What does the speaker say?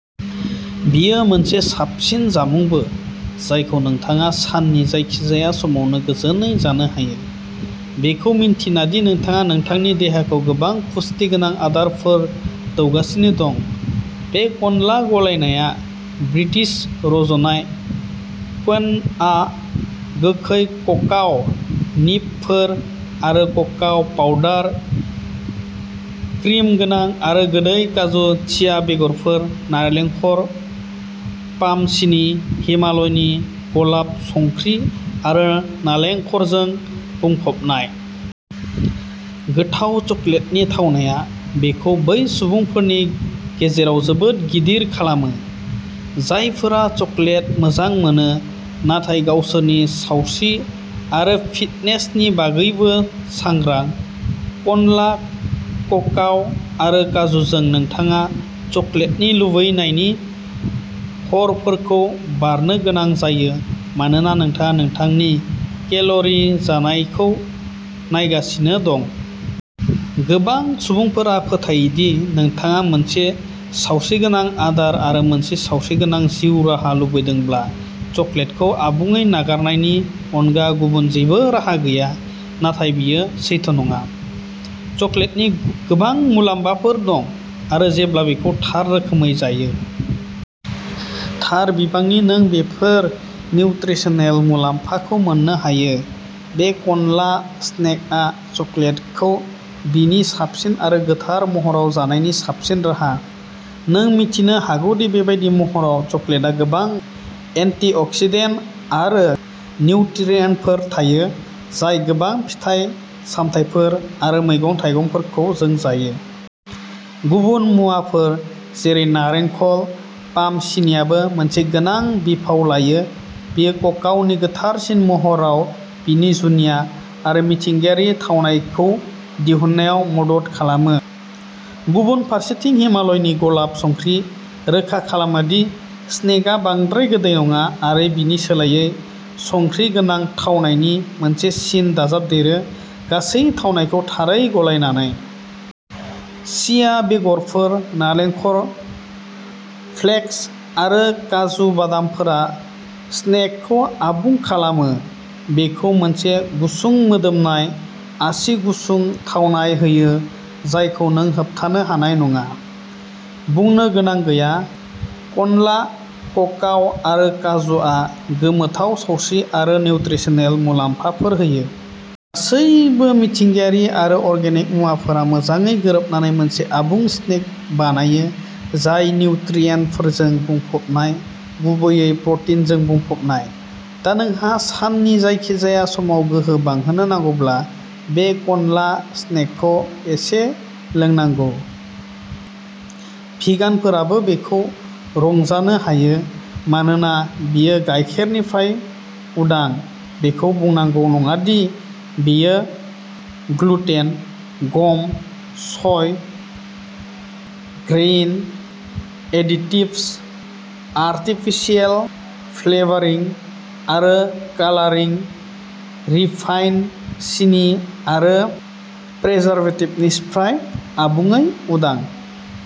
बेयो मोनसे साबसिन जामुंबो, जायखौ नोंथांङा साननि जायखिजाया समावनो गोजोनै जानो हायो, बेखौ मिन्थिना दि नोंथांङा नोंथांनि देहाखौ गोबां पुष्टि गोनां आदारफोर दौगासिनो दं। बे क्न'ला गलायनाया ब्रिटिश-रज'नाय क्विन'आ, गोखै क'काव निबफोर, आरो क'काव पाउडार, क्रिम गोनां आरो गोदै काजु, चिया बेगरफोर, नालेंखर पाम सिनि, हिमालयनि गलाब संख्रि आरो नालेंखरजों बुंफबनाय। गोथाव चकलेटनि थावनाया बेखौ बै सुबुंफोरनि गेजेराव जोबोद गिदिर खालामो, जायफोरा चकलेट मोजां मोनो नाथाय गावसोरनि सावस्रि आरो फिटनेसनि बागैबो सांग्रां। क्न'ला-क'काव आरो काजुजों, नोंथांङा चकलेटनि लुबैनायनि हर फोरखौ बारनो गोनां जाया मानोना नोंथांङा नोंथांनि केल'रि जानायखौ नायगासिनो दं। गोबां सुबुंफोरा फोथायो दि नोंथांङा मोनसे सावस्रिगोनां आदार आरो मोनसे सावस्रिगोनां जिउ राहा लुबैदोंब्ला चकलेटखौ आबुंङै नागारनायनि अनगा गुबुन जेबो राहा गैया, नाथाय बेयो सैथो नंङा। चकलेटनि गोबां मुलाम्फाफोर दं, आरो जेब्ला बेखौ थार रोखोमै जायो। थार बिबांनि, नों बेफोर निउत्रिसनेल मुलाम्फाखौ मोननो हायो। बे क्नला स्नेकआ चकलेटखौ बिनि साबसिन आरो गोथार महराव जानायनि साबसिन राहा। नों मिथिनो हागौदि बेबादि महराव, चकलेटाव गोबां एन्टिअक्सिडेन्ट आरो निउट्रियेन्टफोर थायो, जाय गोबां फिथाइ-सामथाइफोर आरो मैगं-थाइगंफोरखौ जों जायो। गुबुन मुवाफोर जेरै नालेंखर पाम सिनिआबो मोनसे गोनां बिफाव लायो बेयो ककावनि गोथारसिन महराव बिनि जुनिया आरो मिथिंगायारि थावनायखौ दिहुननायाव मदद खालामो। गुबुन फारसेथिं हिमालयनि गलाब संख्रि, रोखा खालामो दि स्नेकआ बांद्राय गोदै नङा आरो बेनि सोलायै संख्रि गोनां थावनायनि मोनसे सिन दाजाबदेरो गासै थावनायखौ थारै गलायनानै। चिया बेगरफोर, नालेंखर फ्लेक्स आरो काजु बादामफोरा स्नेकखौ आबुं खालामो बेखौ मोनसे गुसुं-मोदोमनाय, आसि-गुसुं थावनाय होयो जायखौ नों होबथानो हानाय नंङा। बुंनो गोनां गैया, क्नला-ककाव आरो काजुआ गोमोथाव सावस्रि आरो निउत्रिसनेल मुलाम्फाफोर होयो। गासैबो मिथिंगायारि आरो अर्गेनिक मुवाफोरा मोजांङै गोरोबनानै मोनसे आबुं स्नेक बानायो, जाय निउट्रियेन्टफोरजों बुंफबनाय, गुबैयै प्रटिनजों बुंफबनाय। दा, नोंहा साननि जायखिजाया समाव गोहो बांहोनो नांगौब्ला बे क्न'ला स्नेकखौ एसे लोंनांगौ। भिगानफोराबो बेखौ रंजानो हायो, मानोना बेयो गाइखेरनिफ्राय उदां, बेखौ बुंनांगौ नंङा दि बेयो gluten, gum, soy, grain, additives, artificial flavouring आरो कालारिं, रिफाइन्ड सिनि आरो प्रिजारभेटिभ्सनिफ्राय आबुंङै उदां।